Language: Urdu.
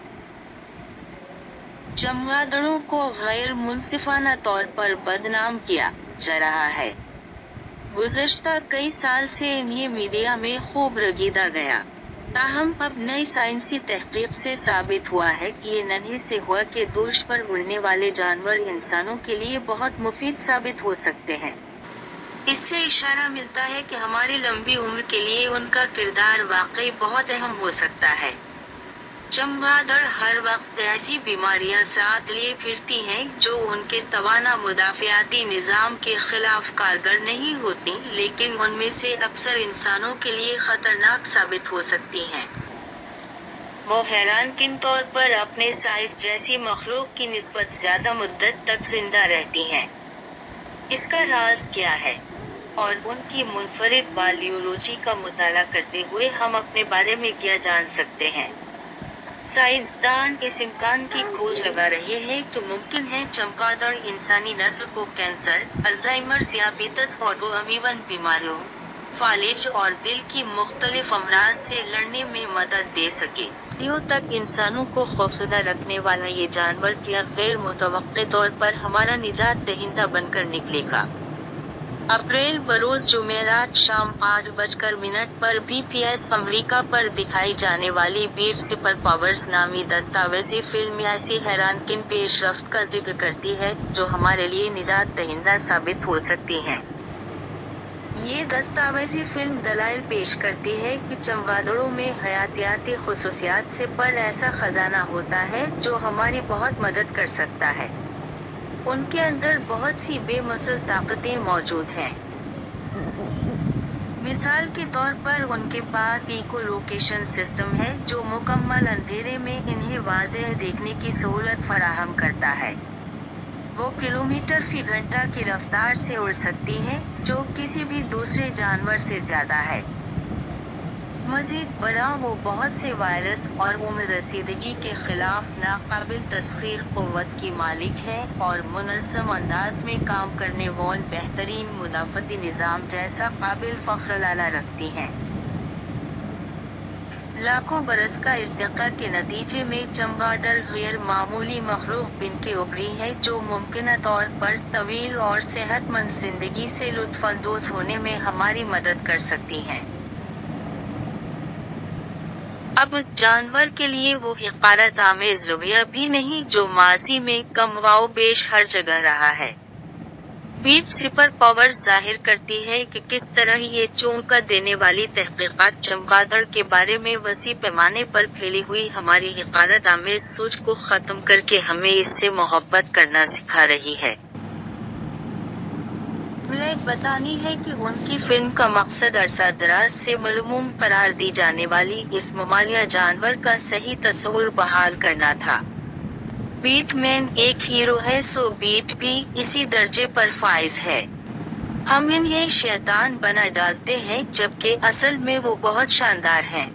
، چمگادڑوں کو غیر منصفانہ طور پر بدنام کیا جا رہا ہے۔ گذشتہ کئی سال سے انھیں میڈیا میں خوب رگیدا گیا۔ تاہم اب نئی سائنسی تحقیق سے ثابت ہوا ہے کہ یہ ننھے سے ہوا کے دوش پر اڑنے والے جانور انسانوں کے لیے بہت مفید ثابت ہو سکتے ہیں۔ اس سے اشارہ ملتا ہے کہ ہماری لمبی عمر کے لیے ان کا کردار واقعی بہت اہم ہو سکتا ہے۔ چمگادڑ ہر وقت ایسی بیماریاں ساتھ لیے پھرتی ہیں جو ان کے توانا مدافعاتی نظام کے خلاف کارگر نہیں ہوتیں لیکن ان میں سے اکثر انسانوں کے لیے خطرناک ثابت ہو سکتی ہیں۔ وہ حیران کن طور پر اپنے سائز جیسی مخلوق کی نسبت زیادہ مدت تک زندہ رہتی ہیں۔ اس کا راز کیا ہے؟ اور ان کی منفرد بائیولوجی کا مطالعہ کرتے ہوئے ہم اپنے بارے میں کیا جان سکتے ہیں؟ سائنس دان اس امکان کی کھوج لگا رہے ہیں کہ ممکن ہے چمگادڑ انسانی نسل کو کینسر، الزائمر، ذیابیطس، آٹو امیون بیماریوں، فالج اور دل کی مختلف امراض سے لڑنے میں مدد دے سکے۔ کئی صدیوں تک انسانوں کو خوفزدہ رکھنے والا یہ جانور کیا غیر متوقع طور پر ہمارا نجات دہندہ بن کر نکلے گا؟ اپریل بروز جمعرات، شام آٹھ بج کر منٹ پر بی پی ایس امریکا پر دکھائی جانے والی 'بیٹ سپر پاورز' نامی دستاویزی فلم ایسی حیران کن پیش رفت کا ذکر کرتی ہے جو ہمارے لیے نجات دہندہ ثابت ہو سکتی ہیں۔ یہ دستاویزی فلم دلائل پیش کرتی ہے کہ چمگادڑوں میں حیاتیات ی خصوصیات سے پُر ایسا خزانہ ہوتا ہے جو ہماری بہت مدد کر سکتا ہے۔ ان کے اندر بہت سی بے مثل طاقتیں موجود ہیں۔ مثال کے طور پر ان کے پاس ایکو لوکیشن سسٹم ہے جو مکمل اندھیرے میں انھیں واضح دیکھنے کی سہولت فراہم کرتا ہے۔ وہ کلومیٹر فی گھنٹہ کی رفتار سے اڑ سکتی ہیں جو کسی بھی دوسرے جانور سے زیادہ ہے۔ مزید برآں وہ بہت سے وائرس اور عمر رسیدگی کے خلاف ناقابل تسخیر قوت کی مالک ہیں اور منظم انداز میں کام کرنے والا بہترین مدافعتی نظام جیسا قابل فخر اثاثہ رکھتی ہیں۔ لاکھوں برس کا ارتقا کے نتیجے میں چمگاڈر غیر معمولی مخلوق بن کے ابھری ہیں جو ممکنہ طور پر طویل اور صحت مند زندگی سے لطف اندوز ہونے میں ہماری مدد کر سکتی ہیں۔ اب اس جانور کے لیے وہ حقارت آمیز رویہ بھی نہیں جو ماضی میں کم و بیش ہر جگہ رہا ہے۔ 'بیٹ سپر پاورز' ظاہر کرتی ہے کہ کس طرح یہ چونکا دینے والی تحقیقات چمگادڑ کے بارے میں وسیع پیمانے پر پھیلی ہوئی ہماری حقارت آمیز سوچ کو ختم کر کے ہمیں اس سے محبت کرنا سکھا رہی ہے۔ بلیک بتاتی ہیں کہ ان کی فلم کا مقصد عرصہ دراز سے مذموم قرار دی جانے والی اس ممالیہ جانور کا صحیح تصور بحال کرنا تھا۔ 'بیٹ مین ایک ہیرو ہے سو بیٹ بھی اسی درجے پر فائز ہے۔ ہم انھیں شیطان بنا ڈالتے ہیں جبکہ اصل میں وہ بہت شاندار ہیں۔